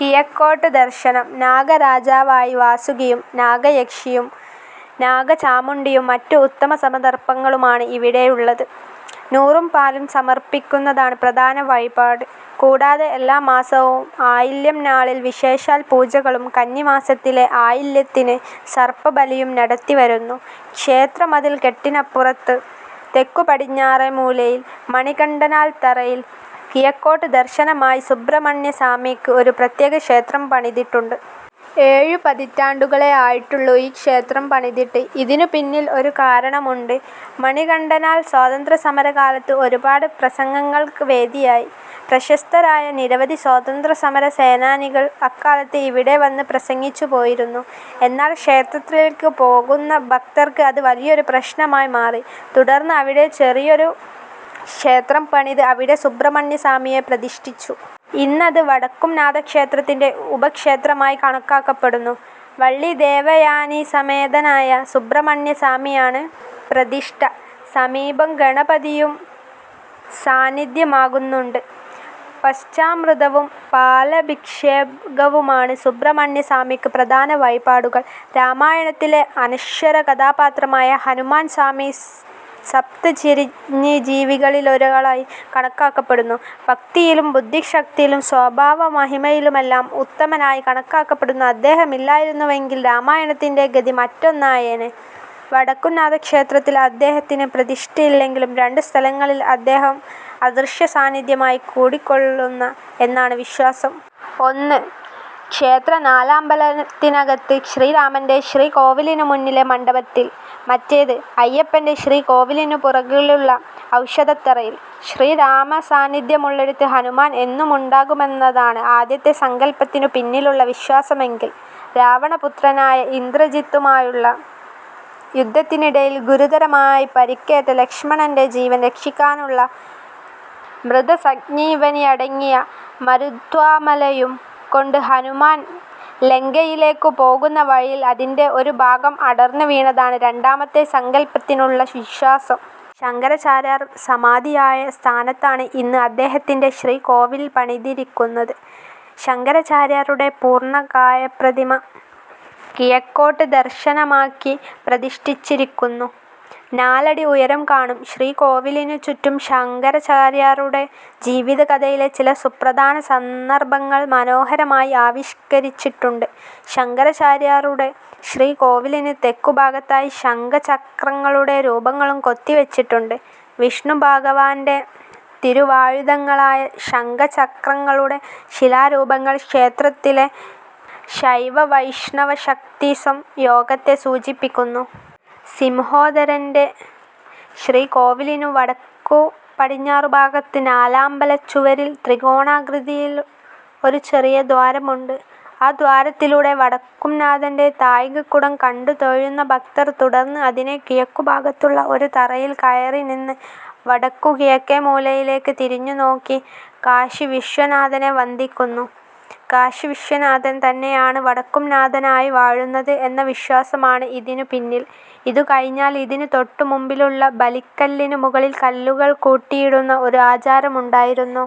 കിഴക്കോട്ട് ദർശനം. നാഗരാജാവായി വാസുകിയും നാഗയക്ഷിയും നാഗചാമുണ്ഡിയും മറ്റ് ഉത്തമാധമസർപ്പങ്ങളുമാണ് ഇവിടെയുള്ളത്. നൂറും പാലും സമർപ്പിയ്ക്കുന്നതാണ് പ്രധാന വഴിപാട്. കൂടാതെ എല്ലാമാസവും ആയില്യം നാളിൽ വിശേഷാൽ പൂജകളും കന്നിമാസത്തിലെ ആയില്യത്തിന് സർപ്പബലിയും നടത്തിവരുന്നു. ക്ഷേത്രമതിൽക്കെട്ടിനപ്പുറത്ത് തെക്കുപടിഞ്ഞാറേമൂലയിൽ മണികണ്ഠനാൽത്തറയിൽ കിഴക്കോട്ട് ദർശനമായി സുബ്രഹ്മണ്യസാമിയ്ക്ക് ഒരു പ്രത്യേകക്ഷേത്രം പണിതിട്ടുണ്ട്. ഏഴുപതിറ്റാണ്ടുകളേ ആയിട്ടുള്ളൂ ഈ ക്ഷേത്രം പണിതിട്ട്. ഇതിനുപിന്നിൽ ഒരു കാരണമുണ്ട്: മണികണ്ഠനാൽ സ്വാതന്ത്ര്യസമരകാലത്ത് ഒരുപാട് പ്രസംഗങ്ങൾക്ക് വേദിയായി. പ്രശസ്തരായ നിരവധി സ്വാതന്ത്ര്യസമരസേനാനികൾ അക്കാലത്ത് ഇവിടെ വന്ന് പ്രസംഗിച്ചുപോയിരുന്നു. എന്നാൽ ക്ഷേത്രത്തിലേയ്ക്കുപോകുന്ന ഭക്തർക്ക് അത് വലിയൊരു പ്രശ്നമായി മാറി. തുടർന്ന് അവിടെ ചെറിയൊരു ക്ഷേത്രം പണിത് അവിടെ സുബ്രഹ്മണ്യസ്വാമിയെ പ്രതിഷ്ഠിച്ചു. ഇന്നത് വടക്കുംനാഥക്ഷേത്രത്തിന്റെ ഉപക്ഷേത്രമായി കണക്കാക്കപ്പെടുന്നു. വള്ളീദേവയാനീസമേതനായ സുബ്രഹ്മണ്യസ്വാമിയാണ് പ്രതിഷ്ഠ. സമീപം ഗണപതിയും സാന്നിദ്ധ്യമാകുന്നുണ്ട്. പഞ്ചാമൃതവും പാലഭിഷേകവുമാണ് സുബ്രഹ്മണ്യസ്വാമിയ്ക്ക് പ്രധാന വഴിപാടുകൾ. രാമായണത്തിലെ അനശ്വരകഥാപാത്രമായ ഹനുമാൻ സ്വാമി സപ്തചിരഞ്ജീവികളിലൊരാളായി കണക്കാക്കപ്പെടുന്നു. ഭക്തിയിലും ബുദ്ധിശക്തിയിലും സ്വഭാവമഹിമയിലുമെല്ലാം ഉത്തമനായി കണക്കാക്കപ്പെടുന്ന അദ്ദേഹമില്ലായിരുന്നുവെങ്കിൽ രാമായണത്തിന്റെ ഗതി മറ്റൊന്നായേനെ. വടക്കുംനാഥക്ഷേത്രത്തിൽ അദ്ദേഹത്തിന് പ്രതിഷ്ഠയില്ലെങ്കിലും രണ്ട് സ്ഥലങ്ങളിൽ അദ്ദേഹം അദൃശ്യസാന്നിദ്ധ്യമായി കുടികൊള്ളുന്ന എന്നാണ് വിശ്വാസം. ഒന്ന്, ക്ഷേത്രനാലമ്പലത്തിനകത്ത് ശ്രീരാമന്റെ ശ്രീകോവിലിന് മുന്നിലെ മണ്ഡപത്തിൽ; മറ്റേത്, അയ്യപ്പന്റെ ശ്രീകോവിലിനുപുറകിലുള്ള ഔഷധത്തറയിൽ. ശ്രീരാമസാന്നിദ്ധ്യമുള്ളിടത്ത് ഹനുമാൻ എന്നുമുണ്ടാകുമെന്നതാണ് ആദ്യത്തെ സങ്കല്പത്തിനുപിന്നിലുള്ള വിശ്വാസമെങ്കിൽ, രാവണപുത്രനായ ഇന്ദ്രജിത്തുമായുള്ള യുദ്ധത്തിനിടയിൽ ഗുരുതരമായി പരുക്കേറ്റ ലക്ഷ്മണന്റെ ജീവൻ രക്ഷിയ്ക്കാനുള്ള മൃതസഞ്ജീവനിയടങ്ങിയ മരുത്വാമലയും കൊണ്ട് ഹനുമാൻ ലങ്കയിലേയ്ക്കുപോകുന്ന വഴിയിൽ അതിന്റെ ഒരുഭാഗം അടർന്നുവീണതാണ് രണ്ടാമത്തെ സങ്കല്പത്തിലുള്ള വിശ്വാസം. ശങ്കരാചാര്യർ സമാധിയായ സ്ഥാനത്താണ് ഇന്ന് അദ്ദേഹത്തിന്റെ ശ്രീകോവിൽ പണിതിരിയ്ക്കുന്നത്. ശങ്കരാചാര്യരുടെ പൂർണകായപ്രതിമ കിഴക്കോട്ട് ദർശനമാക്കി പ്രതിഷ്ഠിച്ചിരിയ്ക്കുന്നു. നാലടി ഉയരം കാണും. ശ്രീകോവിലിനുചുറ്റും ശങ്കരാചാര്യരുടെ ജീവിതകഥയിലെ ചില സുപ്രധാന സന്ദർഭങ്ങൾ മനോഹരമായി ആവിഷ്കരിച്ചിട്ടുണ്ട്. ശങ്കരാചാര്യരുടെ ശ്രീകോവിലിന് തെക്കുഭാഗത്തായി ശംഖചക്രങ്ങളുടെ രൂപങ്ങളും കൊത്തിവച്ചിട്ടുണ്ട്. വിഷ്ണുഭഗവാന്റെ തിരുവായുധങ്ങളായ ശംഖചക്രങ്ങളുടെ ശിലാരൂപങ്ങൾ ക്ഷേത്രത്തിലെ ശൈവവൈഷ്ണവശക്തിസംയോഗത്തെ സൂചിപ്പിയ്ക്കുന്നു. സിംഹോദരന്റെ ശ്രീകോവിലിന് വടക്കുപടിഞ്ഞാറുഭാഗത്ത് നാലമ്പലച്ചുവരിൽ ത്രികോണാകൃതിയിൽ ഒരു ചെറിയ ദ്വാരമുണ്ട്. ആ ദ്വാരത്തിലൂടെ വടക്കുംനാഥന്റെ താഴികക്കുടം കണ്ടുതൊഴുന്ന ഭക്തർ തുടർന്ന് അതിന് കിഴക്കുഭാഗത്തുള്ള ഒരു തറയിൽ കയറിനിന്ന് വടക്കുകിഴക്കേമൂലയിലേയ്ക്ക് തിരിഞ്ഞുനോക്കി കാശീവിശ്വനാഥനെ വന്ദിയ്ക്കുന്നു. കാശീവിശ്വനാഥൻ തന്നെയാണ് വടക്കുംനാഥനായി വാഴുന്നത് എന്ന വിശ്വാസമാണ് ഇതിനുപിന്നിൽ. ഇതുകഴിഞ്ഞാൽ ഇതിന് തൊട്ടുമുമ്പിലുള്ള ബലിക്കല്ലിന് മുകളിൽ കല്ലുകൾ കൂട്ടിയിടുന്ന ഒരു ആചാരമുണ്ടായിരുന്നു.